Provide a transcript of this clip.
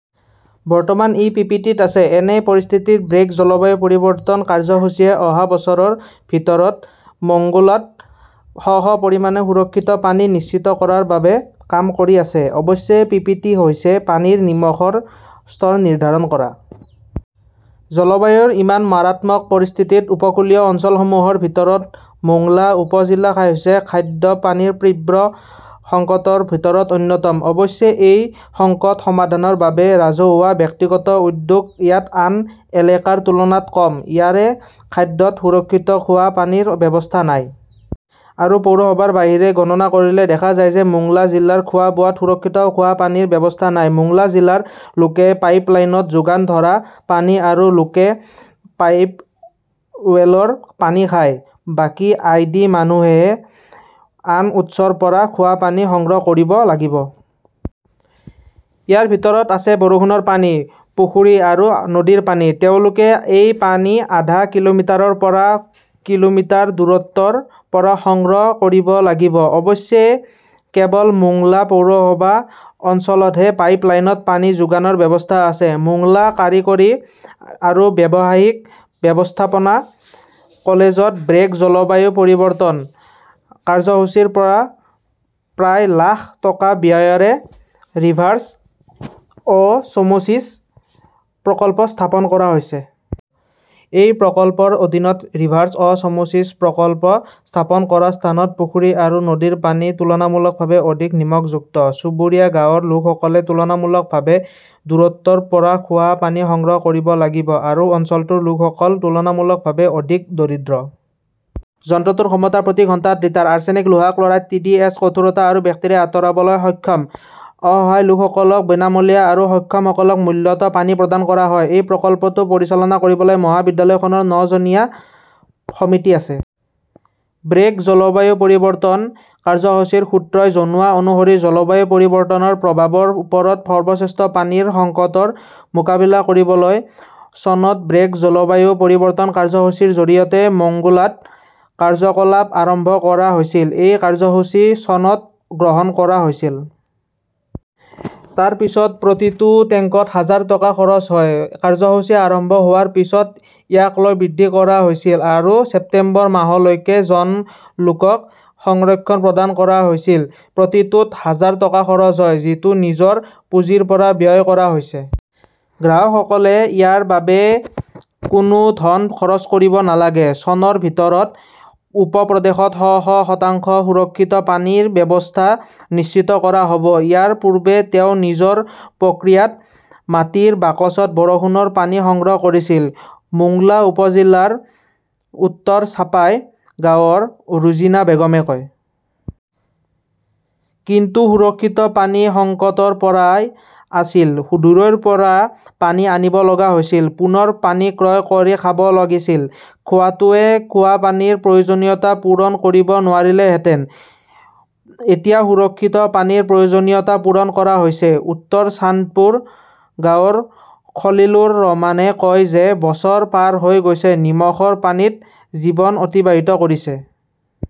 বৰ্তমান ই পিপিটিত আছে। এনে পৰিস্থিতিত ব্ৰেক জলবায়ু পৰিৱৰ্তন কাৰ্যসূচীয়ে অহা বছৰৰ ভিতৰত মংগোলাত শ শ পৰিমাণে সুৰক্ষিত পানী নিশ্চিত কৰাৰ বাবে কাম কৰি আছে। অৱশ্যে, পিপিটি হৈছে পানীৰ নিমখৰ স্তৰ নিৰ্ধাৰণ কৰা। জলবায়ুৰ ইমান মাৰাত্মক পৰিস্থিতিত উপকূলীয় অঞ্চলসমূহৰ ভিতৰত মোংলা উপ-জিলা হৈছে খাদ্য পানীৰ তীব্ৰ সংকটৰ ভিতৰত অন্যতম। অৱশ্যে, এই সংকট সমাধানৰ বাবে ৰাজহুৱা-ব্যক্তিগত উদ্যোগ ইয়াত আন এলেকাৰ তুলনাত কম। ইয়াৰে খাদ্যত সুৰক্ষিত খোৱা পানীৰ ব্যৱস্থা নাই। আৰু পৌৰসভাৰ বাহিৰে গণনা কৰিলে দেখা যায় যে মোংলা জিলাৰ খোৱা-বোৱাত সুৰক্ষিত খোৱা পানীৰ ব্যৱস্থা নাই। মোংলা জিলাৰ লোকে পাইপলাইনত যোগান ধৰা পানী আৰু লোকে পাইপৱেলৰ পানী খায়। বাকী আই. ডি. মানুহেহে আন উৎসৰ পৰা খোৱা পানী সংগ্ৰহ কৰিব লাগিব। ইয়াৰ ভিতৰত আছে বৰষুণৰ পানী, পুখুৰী আৰু নদীৰ পানী। তেওঁলোকে এই পানী আধা কিলোমিটাৰৰ পৰা কিলোমিটাৰ দূৰত্বৰ পৰা সংগ্ৰহ কৰিব লাগিব। অৱশ্যে, কেৱল মোংলা পৌৰসভা অঞ্চলতহে পাইপলাইনত পানী যোগানৰ ব্যৱস্থা আছে। মোংলা কাৰিকৰী আৰু ব্যৱসায়িক ব্যৱস্থাপনা কলেজত ব্ৰেক জলবায়ু পৰিৱৰ্তন কাৰ্যসূচীৰ পৰা প্ৰায় লাখ টকা ব্যয়েৰে ৰিভাৰ্ছ অ' ছমোছিছ প্ৰকল্প স্থাপন কৰা হৈছে। এই প্ৰকল্পৰ অধীনত ৰিভাৰ্ছ অ' ছমোছিছ প্ৰকল্প স্থাপন কৰা স্থানত পুখুৰী আৰু নদীৰ পানী তুলনামূলকভাৱে অধিক নিমখযুক্ত। চুবুৰীয়া গাঁৱৰ লোকসকলে তুলনামূলকভাৱে দূৰত্বৰ পৰা খোৱা পানী সংগ্ৰহ কৰিব লাগিব আৰু অঞ্চলটোৰ লোকসকল তুলনামূলকভাৱে অধিক দৰিদ্ৰ। যন্ত্ৰটোৰ ক্ষমতা প্ৰতি ঘণ্টাত লিটাৰ। আৰ্ছেনিক, লোহা, ক্ল'ৰাইড, টিডিএছ, কঠোৰতা আৰু বেক্টেৰিয়া আঁতৰাবলৈ সক্ষম। অসহায় লোকসকলক বিনামূলীয়া আৰু সক্ষমসকলক মূল্যত পানী প্ৰদান কৰা হয়। এই প্ৰকল্পটো পৰিচালনা কৰিবলৈ মহাবিদ্যালয়খনৰ ন জনীয়া সমিতি আছে। ব্ৰেক জলবায়ু পৰিৱৰ্তন কাৰ্যসূচীৰ সূত্ৰই জনোৱা অনুসৰি, জলবায়ু পৰিৱৰ্তনৰ প্ৰভাৱৰ ওপৰত সৰ্বশ্ৰেষ্ঠ পানীৰ সংকটৰ মোকাবিলা কৰিবলৈ চনত ব্ৰেক জলবায়ু পৰিৱৰ্তন কাৰ্যসূচীৰ জৰিয়তে মংগোলাত কাৰ্যকলাপ আৰম্ভ কৰা হৈছিল। এই কাৰ্যসূচী চনত গ্ৰহণ কৰা হৈছিল। তাৰ পিছত প্ৰতিটো টেংকত হাজাৰ টকা খৰচ হয়। কাৰ্যসূচী আৰম্ভ হোৱাৰ পিছত ইয়াক লৈ বৃদ্ধি কৰা হৈছিল আৰু ছেপ্টেম্বৰ মাহলৈকে জন লোকক সংৰক্ষণ প্ৰদান কৰা হৈছিল। প্ৰতিটোত হাজাৰ টকা খৰচ হয়। যিটো নিজৰ পুঁজিৰ পৰা ব্যয় কৰা হৈছে। গ্ৰাহকসকলে ইয়াৰ বাবে কোনো ধন খৰচ কৰিব নালাগে। চনৰ ভিতৰত উপ-প্ৰদেশত শ শ শতাংশ সুৰক্ষিত পানীৰ ব্যৱস্থা নিশ্চিত কৰা হ 'ব। ইয়াৰ পূৰ্বে তেওঁ নিজৰ প্ৰক্ৰিয়াত মাটিৰ বাকচত বৰষুণৰ পানী সংগ্ৰহ কৰিছিল, মোংলা উপ-জিলাৰ উত্তৰ চাপাই গাঁৱৰ ৰোজিনা বেগমে কয়। কিন্তু সুৰক্ষিত পানী সংকটৰ পৰাই আছিল। দূৰৈৰ পৰা পানী আনিব লগা হৈছিল। পুনৰ পানী ক্ৰয় কৰি খাব লাগিছিল। কোঁৱাটোৱে খোৱা পানীৰ প্ৰয়োজনীয়তা পূৰণ কৰিব নোৱাৰিলেহেঁতেন। এতিয়া সুৰক্ষিত পানীৰ প্ৰয়োজনীয়তা পূৰণ কৰা হৈছে। উত্তৰ চান্দপুৰ গাঁৱৰ খলিলুৰ ৰহমানে কয় যে, বছৰ পাৰ হৈ গৈছে, নিমখৰ পানীত জীৱন অতিবাহিত কৰিছে।